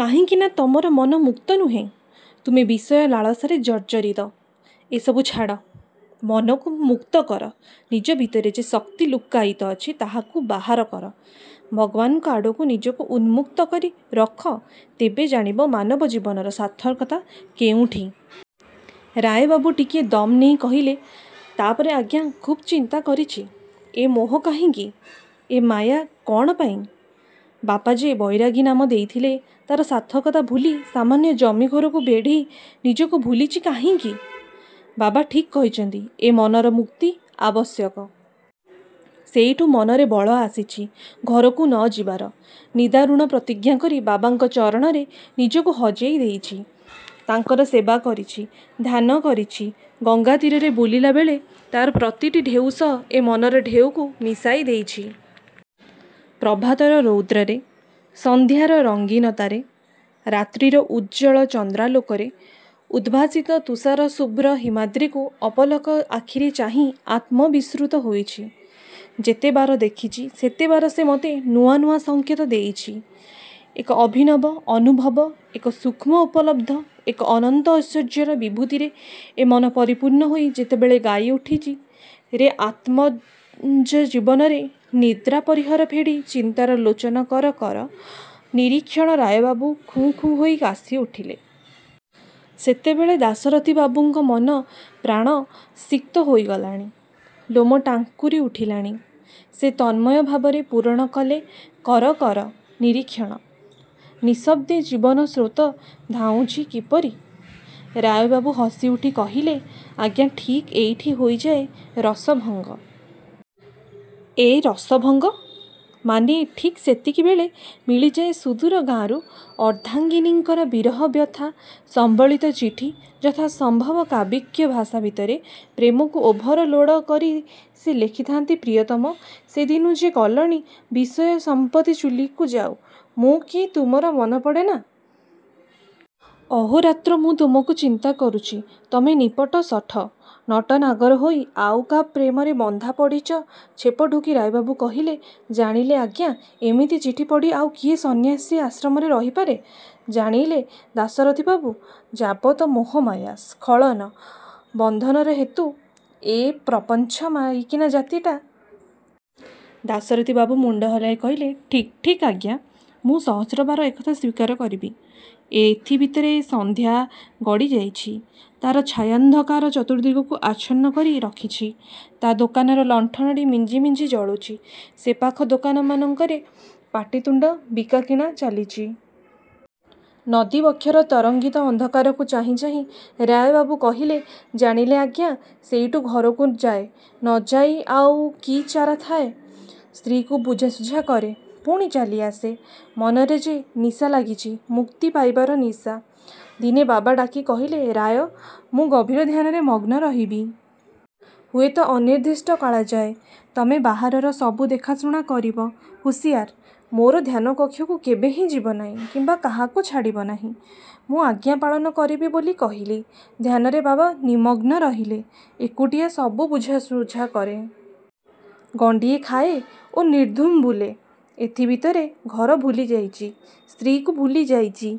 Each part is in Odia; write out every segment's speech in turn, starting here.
କାହିଁକି ନା ତମର ମନ ମୁକ୍ତ ନୁହେଁ, ତୁମେ ବିଷୟ ଲାଳସାରେ ଜର୍ଜରିତ। ଏସବୁ ଛାଡ଼, ମନକୁ ମୁକ୍ତ କର ନିଜ ଭିତରେ ଯେ ଶକ୍ତି ଲୁକକାୟିତ ଅଛି ତାକୁ ବାହାର କର। ଭଗବାନଙ୍କ ଆଡ଼କୁ ନିଜକୁ ଉନ୍ମୁକ୍ତ କରି ରଖ ତେବେ ଜାଣିବ ମାନବ ଜୀବନର ସାର୍ଥକତା କେଉଁଠି। ରାୟବାବୁ ଟିକିଏ ଦମ୍ ନେଇ କହିଲେ ତାପରେ ଆଜ୍ଞା ଖୁବ୍ ଚିନ୍ତା କରିଛି। ଏ ମୋହ କାହିଁକି? ଏ ମାୟା କଣ ପାଇଁ? ବାପା ଯେ ବୈରାଗୀ ନାମ ଦେଇଥିଲେ ତାର ସାର୍ଥକତା ଭୁଲି ସାମାନ୍ୟ ଜମି ଘରକୁ ବେଢ଼ି ନିଜକୁ ଭୁଲିଚି କାହିଁକି? ବାବା ଠିକ୍ କହିଛନ୍ତି ଏ ମନର ମୁକ୍ତି ଆବଶ୍ୟକ । ସେଉଠୁ ମନରେ ବଳ ଆସିଚି ଘରକୁ ନ ଯିବାର, ନିଦାରୁଣ ପ୍ରତିଜ୍ଞା କରି ବାବାଙ୍କ ଚରଣରେ ନିଜକୁ ହଜେଇ ଦେଇଚି। ତାଙ୍କର ସେବା କରିଛି, ଧ୍ୟାନ କରିଛି, ଗଙ୍ଗା ତୀରରେ ବୁଲିଲା ବେଳେ ତାର ପ୍ରତିଟି ଢ଼େଉ ସହ ଏ ମନର ଢ଼େଉକୁ ମିଶାଇ ଦେଇଚି। ପ୍ରଭାତର ରୌଦ୍ରରେ, ସନ୍ଧ୍ୟାର ରଙ୍ଗୀନତାରେ, ରାତ୍ରିର ଉଜ୍ଜଳ ଚନ୍ଦ୍ରାଲୋକରେ ଉଦ୍ଭାସିତ ତୁଷାର ଶୁଭ୍ର ହିମାଦ୍ରୀକୁ ଅପଲକ ଆଖିରେ ଚାହିଁ ଆତ୍ମବିସୃତ ହୋଇଚି। ଯେତେବାର ଦେଖିଚି ସେତେବାର ସେ ମତେ ନୂଆ ନୂଆ ସଙ୍କେତ ଦେଇଚି। ଏକ ଅଭିନବ, ଅନୁଭବ, ଏକ ସୂକ୍ଷ୍ମ ଉପଲବ୍ଧ, ଏକ ଅନନ୍ତ ଐଶ୍ୱର୍ଯ୍ୟର ବିଭୂତିରେ ଏ ମନ ପରିପୂର୍ଣ୍ଣ ହୋଇ ଯେତେବେଳେ ଗାଇ ଉଠିଚି ରେ ଆତ୍ମନ୍ଜ ଜୀବନର ନିଦ୍ରା ପରିହର ଫେଡ଼ି ଚିନ୍ତାର ଲୋଚନ କର କର ନିରୀକ୍ଷଣ ରାୟବାବୁ ଖୁଁ ଖୁଁ ହୋଇ କାଶି ଉଠିଲେ। ସେତେବେଳକୁ ଦାଶରଥିବାବୁଙ୍କ ମନ ପ୍ରାଣ ସିକ୍ତ ହୋଇଗଲାଣି, ଲୋମ ଟାଙ୍କୁରି ଉଠିଲାଣି। ସେ ତନ୍ମୟ ଭାବରେ ପୂରଣ କଲେ କର କର ନିରୀକ୍ଷଣ, ନିଃଶବ୍ଦେ ଜୀବନ ସ୍ରୋତ ଧାଉଁଚି କିପରି? ରାୟବାବୁ ହସି ଉଠି କହିଲେ ଆଜ୍ଞା ଠିକ୍ ଏଇଠି ହୋଇଯାଏ ରସ ଭଙ୍ଗ । ଏ ରସ ଭଙ୍ଗ? ମାନେ ଠିକ୍ ସେତିକିବେଳେ ମିଳିଯାଏ ସୁଦୂର ଗାଁରୁ ଅର୍ଦ୍ଧାଙ୍ଗୀନୀଙ୍କର ବିରହ ବ୍ୟଥା ସମ୍ବଳିତ ଚିଠି ଯଥା ସମ୍ଭବ କାବ୍ୟିକ ଭାଷା ଭିତରେ ପ୍ରେମକୁ ଓଭର ଲୋଡ଼ କରି ସେ ଲେଖିଥାନ୍ତି ପ୍ରିୟତମ, ସେ ଦିନୁ ଯେ ଗଲଣି ବିଷୟ ସମ୍ପତ୍ତି ଚୁଲିକୁ ଯାଉ, ମୁ କି ତୁମର ମନେପଡ଼େ ନା? ଅହୋରାତ୍ର ମୁଁ ତୁମକୁ ଚିନ୍ତା କରୁଚି ତମେ ନିପଟ ଶଠ, ନଟନାଗର ହୋଇ ଆଉ କା ପ୍ରେମରେ ବନ୍ଧା ପଡ଼ିଚ ଛେପ ଢୋକି ରାୟବାବୁ କହିଲେ, ଜାଣିଲେ ଆଜ୍ଞା ଏମିତି ଚିଠି ପଢ଼ି ଆଉ କିଏ ସନ୍ନ୍ୟାସୀ ଆଶ୍ରମରେ ରହିପାରେ। ଜାଣିଲେ ଦାଶରଥି ବାବୁ ଯାବତ ମୋହ ମାୟା, ସ୍ଖଳନ, ବନ୍ଧନର ହେତୁ ଏ ପ୍ରପଞ୍ଚ ମାଇକିନା ଜାତିଟା। ଦାଶରଥି ବାବୁ ମୁଣ୍ଡ ହଲାଇ କହିଲେ ଠିକ୍ ଠିକ୍ ଆଜ୍ଞା। ମୁଁ ସହସ୍ର ବାର ଏକଥା ସ୍ଵୀକାର କରିବି। ଏଥି ଭିତରେ ସନ୍ଧ୍ୟା। ଗଡ଼ିଯାଇଚି। ତାର ଛାୟାନ୍ଧକାର ଚତୁର୍ଦ୍ଦିଗକୁ ଆଚ୍ଛନ୍ନ କରି ରଖିଚି। ଚା ଦୋକାନର ଲଣ୍ଠନଟି ମିଞ୍ଜି ମିଞ୍ଜି ଜଳୁଚି। ସେପାଖ ଦୋକାନମାନଙ୍କରେ ପାଟିତୁଣ୍ଡ, ବିକାକିଣା ଚାଲିଚି। ନଦୀ ବକ୍ଷର ତରଙ୍ଗିତ ଅନ୍ଧକାରକୁ ଚାହିଁ ଚାହିଁ ରାୟ ବାବୁ କହିଲେ ଯାଣିଲେ ଆଜ୍ଞା ସେଇଠୁ ଘରକୁ ଯାଏ, ନ ଯାଇ ଆଉକି ଚାରାଥାଏ। ସ୍ତ୍ରୀକୁ ବୁଝାଶୁଝା କରେ, ପୁଣି ଚାଲି ଆସେ। ମନରେ ଯେ ନିଶାଲାଗିଚି ମୁକ୍ତି ପାଇବାର ନିଶା। ଦିନେ ବାବା ଡାକି କହିଲେ ରାୟ ମୁଁ ଗଭୀର ଧ୍ୟାନରେ ମଗ୍ନ ରହିବି। ହୁଏତ ଅନିର୍ଦ୍ଦିଷ୍ଟ କାଳଯାଏ। ତମେ ବାହାରର ସବୁ ଦେଖାଶୁଣା କରିବ। ହୁସିଆର, ମୋର ଧ୍ୟାନ କକ୍ଷକୁ କେବେହେଁ ଯିବ ନାହିଁ କିମ୍ବା କାହାକୁ ଛାଡ଼ିବ ନାହିଁ। ମୁଁ ଆଜ୍ଞା ପାଳନ କରିବି ବୋଲି କହିଲି। ଧ୍ୟାନରେ ବାବା ନିମଗ୍ନ ରହିଲେ। ଏକୁଟିଆ ସବୁ ବୁଝାଶୁଝା କରେ। ଗଣ୍ଡିଏ ଖାଏ ଓ ନିର୍ଦ୍ଧୁମ ବୁଲେ। ଏଥି ଭିତରେ ଘର ଭୁଲିଯାଇଚି, ସ୍ତ୍ରୀକୁ ଭୁଲିଯାଇଚି।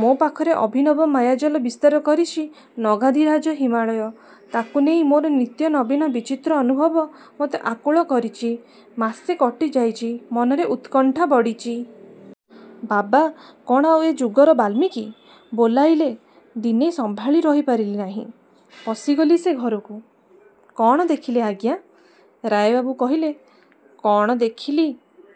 ମୋ ପାଖରେ ଅଭିନବ ମାୟାଜାଲ ବିସ୍ତାର କରିଚି ନଗାଧିରାଜ ହିମାଳୟ। ତାକୁ ନେଇ ମୋର ନିତ୍ୟ ନବୀନ ବିଚିତ୍ର ଅନୁଭବ ମତେ ଆକୁଳ କରିଚି। ମାସେ କଟି ଯାଇଚି, ମନରେ ଉତ୍କଣ୍ଠା ବଢ଼ିଚି। ବାବା କଣ ଆଉ ଏ ଯୁଗର ବାଲ୍ମୀକି ବୋଲାଇଲେ ଦିନେ ସମ୍ଭାଳି ରହିପାରିଲି ନାହିଁ, ପଶିଗଲି ସେ ଘରକୁ। କଣ ଦେଖିଲେ ଆଜ୍ଞା? ରାୟ ବାବୁ କହିଲେ, କଣ ଦେଖିଲି